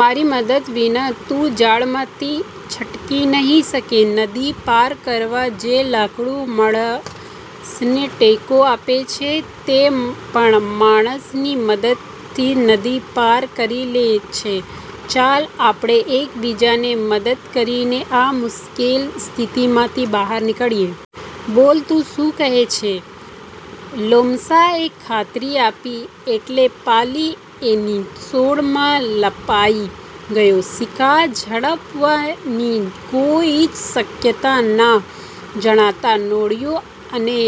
મારી મદદ વિના તું જાળમાંથી છટકી નહીં શકે. નદી પાર કરવા જે લાકડું માણસને ટેકો આપે છે તે પણ માણસની મદદથી નદી પાર કરી લે છે. ચાલ, આપણે એક બીજાને મદદ કરીને આ મુશ્કેલ સ્થિતિમાંથી બહાર નીકળીએ. બોલ, તું શું કહે છે? " લોમાસાએ ખાતરી આપી એટલે પલિત એની સોડમાં લપાઈ ગયો. શિકાર ઝડપવાની કોઈ જ શક્યતા ન જણાતાં નોળિયો અને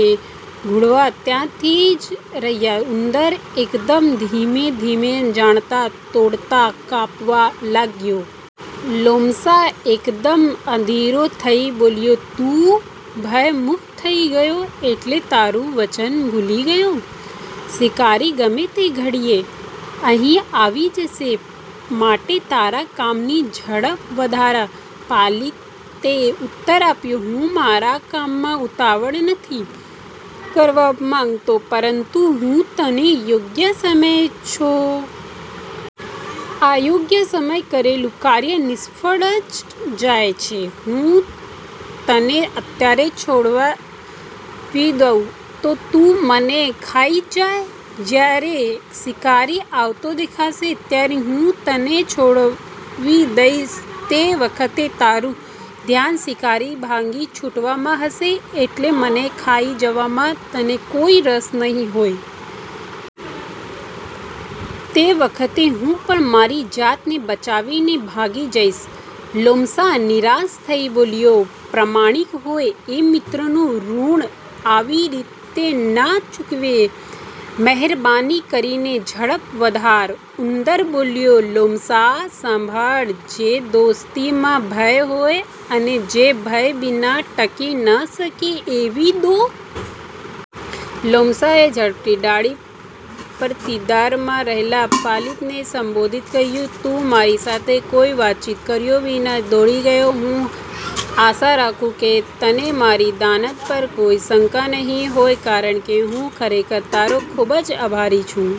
ઘુવડ ત્યાંથી જતા રહ્યા. ઉંદર એકદમ ધીમે ધીમે જાળના દોરડા કાપવા લાગ્યો. લોમાસા એકદમ અધીરો થઇ બોલ્યો. "તું ભયમુક્ત થઇ ગયો એટલે તારું વચન ભૂલી ગયો? શિકારી ગમે તે ઘડીએ અહીં આવી જશે માટે તારા કામની ઝડપ વધાર". પલિતે ઉત્તર આપ્યો,"હું મારા કામમાં ઉતાવળ નથી કરવા માંગતો પરંતુ હું તને યોગ્ય સમયે છોડાવી દઈશ. અયોગ્ય સમયે કરેલું કાર્ય નિષ્ફળ જ જાય છે. હું તને અત્યારે છોડાવી દઉં તો તું મને ખાઈ જ જાય. જયારે શિકારી આવતો દેખાશે ત્યારે હું તને છોડાવી દઈશ. તે વખતે તારું ધ્યાન શિકારીથી ભાગી છૂટવામાં હશે એટલે મને ખાઈ જવામાં તને કોઈ રસ નહીં હોય. તે વખતે હું પણ મારી જાતને બચાવીને ભાગી જઈશ". લોમાસા નિરાશ થઇ બોલ્યો, "પ્રમાણિક હોય એ મિત્રોનું ઋણ આવી રીતે ન ચૂકવે. મહેરબાની કરીને ઝડપ વધાર". ઉંદર બોલ્યો, "લોમાસા, સાંભળ. જે દોસ્તીમાં ભય હોય અને જે ભય વિના ટકી ન શકે એવી દોસ્તીમાં ખુબ જ કાળજી રાખવી જોઈએ. લોમાસાએ ઝાડની ડાળી પરથી દરમાં રહેલા પલિતને સંબોધી કહ્યું, "તું મારી સાથે કોઈ વાતચીત કર્યા વિના જ દોડી ગયો. હું આશા રાખું કે તને મારી દાનત પર કોઈ શંકા નહીં હોય કારણકે હું ખરેખર તારો ખુબ જ આભારી છું.